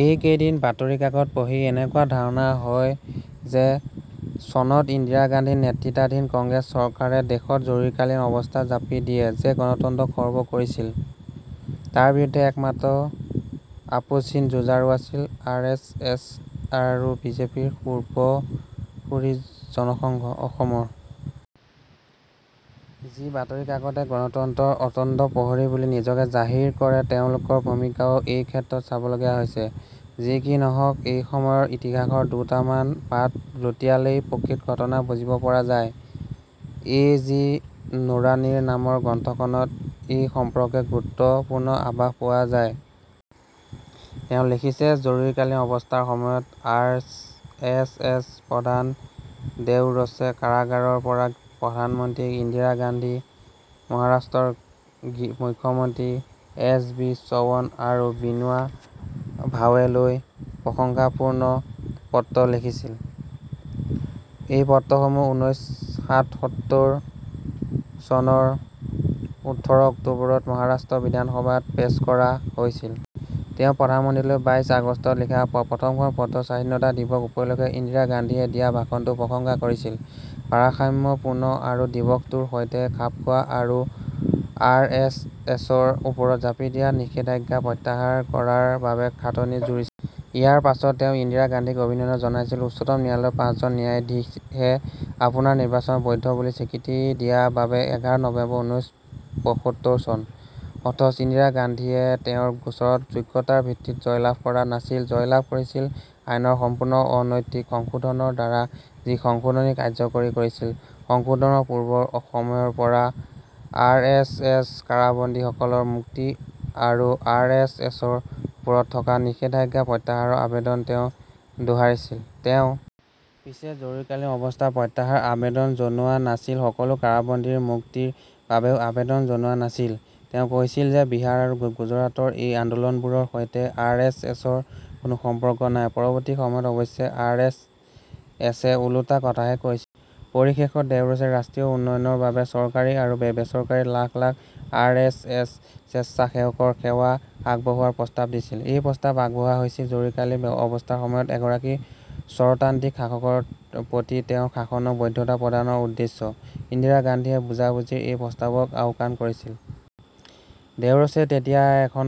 এই কেইদিন বাতৰি কাকত পঢ়ি এনেকুৱা ধাৰণা হয় যে চনত ইন্দিৰা গান্ধী নেতৃত্বাধীন কংগ্ৰেছ চৰকাৰে দেশত জৰুৰীকালীন অৱস্থা জাপি দিয়ে যে গণতন্ত্ৰ খৰ্ব কৰিছিল তাৰ বিৰুদ্ধে একমাত্ৰ আপোচহীন যুঁজাৰু আছিল আৰ এছ এছ আৰু বিজেপিৰ পূৰ্বসূৰী জনসংঘ। অসমৰ যি বাতৰি কাকতে গণতন্ত্ৰৰ অতন্দ্ৰ প্ৰহৰী বুলি নিজকে জাহিৰ কৰে তেওঁলোকৰ ভূমিকাও এইক্ষেত্ৰত চাবলগীয়া হৈছে। যি কি নহওক সেই সময়ৰ ইতিহাসৰ দুটামান পাত লুটিয়ালেই প্ৰকৃত ঘটনা বুজিব পৰা যায়। এ জি নুৰানীৰ নামৰ গ্ৰন্থখনত এই সম্পৰ্কে গুৰুত্বপূৰ্ণ আভাস পোৱা যায়। তেওঁ লিখিছে জৰুৰীকালীন অৱস্থাৰ সময়ত আৰ এছ এছ প্ৰধান দেওৰচে কাৰাগাৰৰ পৰা প্ৰধানমন্ত্ৰী ইন্দিৰা গান্ধী মহাৰাষ্ট্ৰৰ মুখ্যমন্ত্ৰী এছ বি চৱন আৰু বিনোৱা ভাৱেলৈ প্ৰশংসাপূৰ্ণ পত্ৰ লিখিছিল। এই পত্ৰসমূহ ঊনৈশ সাতসত্তৰ চনৰ ওঠৰ অক্টোবৰত মহাৰাষ্ট্ৰ বিধান সভাত পেছ কৰা হৈছিল। তেওঁ প্ৰধানমন্ত্ৰীলৈ বাইছ আগষ্টত লিখা প্ৰথমখন পত্ৰত স্বাধীনতা দিৱস উপলক্ষে ইন্দিৰা গান্ধীয়ে দিয়া ভাষণটো প্ৰশংসা কৰিছিল। ভাৰসাম্যপূৰ্ণ আৰু দিৱসটোৰ সৈতে খাপখোৱা আৰু আৰ এছ এছৰ ওপৰত জাপি দিয়া নিষেধাজ্ঞা প্ৰত্যাহাৰ কৰাৰ বাবে খাটনি জুৰিছিল। ইয়াৰ পাছত তেওঁ ইন্দিৰা গান্ধীক অভিনন্দন জনাইছিল উচ্চতম ন্যায়ালয়ৰ পাঁচজন ন্যায়াধীশে আপোনাৰ নিৰ্বাচনক বৈধ বুলি স্বীকৃতি দিয়া বাবে এঘাৰ নৱেম্বৰ ঊনৈশ পইসত্তৰ চন। অথচ ইন্দিৰা গান্ধীয়ে তেওঁৰ গোচৰত যোগ্যতাৰ ভিত্তিত জয় লাভ কৰা নাছিল জয়লাভ কৰিছিল আইনৰ সম্পূৰ্ণ অ-নৈতিক সংশোধনৰ দ্বাৰা যি সংশোধনী কাৰ্যকৰী কৰিছিল, সংশোধনৰ পূৰ্বৰ সময়ৰ পৰা আৰ এছ এছ কাৰাবন্দীসকলৰ মুক্তি আৰু আৰ এছ এছৰ ওপৰত থকা নিষেধাজ্ঞা প্ৰত্যাহাৰৰ আৱেদন তেওঁ দোহাৰিছিল। তেওঁ পিছে জৰুৰীকালীন অৱস্থাৰ প্ৰত্যাহাৰ আৱেদন জনোৱা নাছিল সকলো কাৰাবন্দীৰ মুক্তিৰ বাবেও আৱেদন জনোৱা নাছিল। তেওঁ কৈছিল যে বিহাৰ আৰু গুজৰাটত এই আন্দোলনবোৰৰ সৈতে আৰ এছ এছৰ কোনো সম্পৰ্ক নাই। পৰৱৰ্তী সময়ত অৱশ্যে আৰ এছ এছ এ ওলোটা কথাহে কৈছিল। পৰিশেষত দেওৰচে ৰাষ্ট্ৰীয় উন্নয়নৰ বাবে চৰকাৰী আৰু বেচৰকাৰী lakh lakh R S S স্বেচ্ছাসেৱকৰ সেৱা আগবঢ়োৱাৰ প্ৰস্তাৱ দিছিল। এই প্ৰস্তাৱ আগবঢ়োৱা হৈছিল জৰুৰীকালীন অৱস্থাৰ সময়ত এগৰাকী স্বৰতান্ত্ৰিক শাসকৰ প্ৰতিতেওঁৰ শাসনক বৈধতা প্ৰদানৰ উদ্দেশ্যে। ইন্দিৰা গান্ধীয়ে বুজা-বুজিৰ এই প্ৰস্তাৱক আওকাণ কৰিছিল। দেওৰচে তেতিয়া আৰু এখন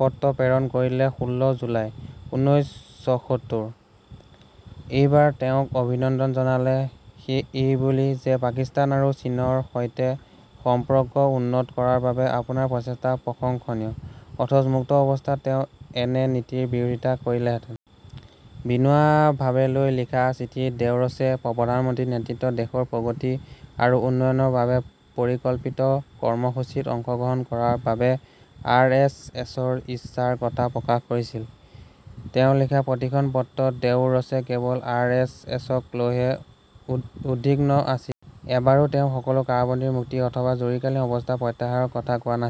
পত্ৰ প্ৰেৰণ কৰিলে ষোল্ল জুলাই, ঊনৈশ ছয়সত্তৰ। এইবাৰ তেওঁক অভিনন্দন জনালে এই বুলি যে পাকিস্তান আৰু চীনৰ সৈতে সম্পৰ্ক উন্নত কৰাৰ বাবে আপোনাৰ প্ৰচেষ্টা প্ৰশংসনীয়। অথচ মুক্ত অৱস্থাত তেওঁ এনে নীতিৰ বিৰোধিতা কৰিলেহেতেন। বিনোৱা ভাৱেলৈ লিখা চিঠিত দেওৰচে প্ৰধানমন্ত্ৰীৰ নেতৃত্বত দেশৰ প্ৰগতি আৰু উন্নয়নৰ বাবে পৰিকল্পিত কৰ্মসূচীত অংশগ্ৰহণ কৰাৰ বাবে আৰ এছ এছৰ ইচ্ছাৰ কথা প্ৰকাশ কৰিছিল। তেওঁ লিখা প্ৰতিখন পত্ৰত দেওৰচে কেৱল আৰ এছ এছক লৈহে উদ্বিগ্ন আছিল। এবাৰো তেওঁ সকলো কাৰাবন্দীৰ মুক্তি অথবা জৰুৰীকালীন অৱস্থা প্ৰত্যাহাৰৰ কথা কোৱা নাছিল।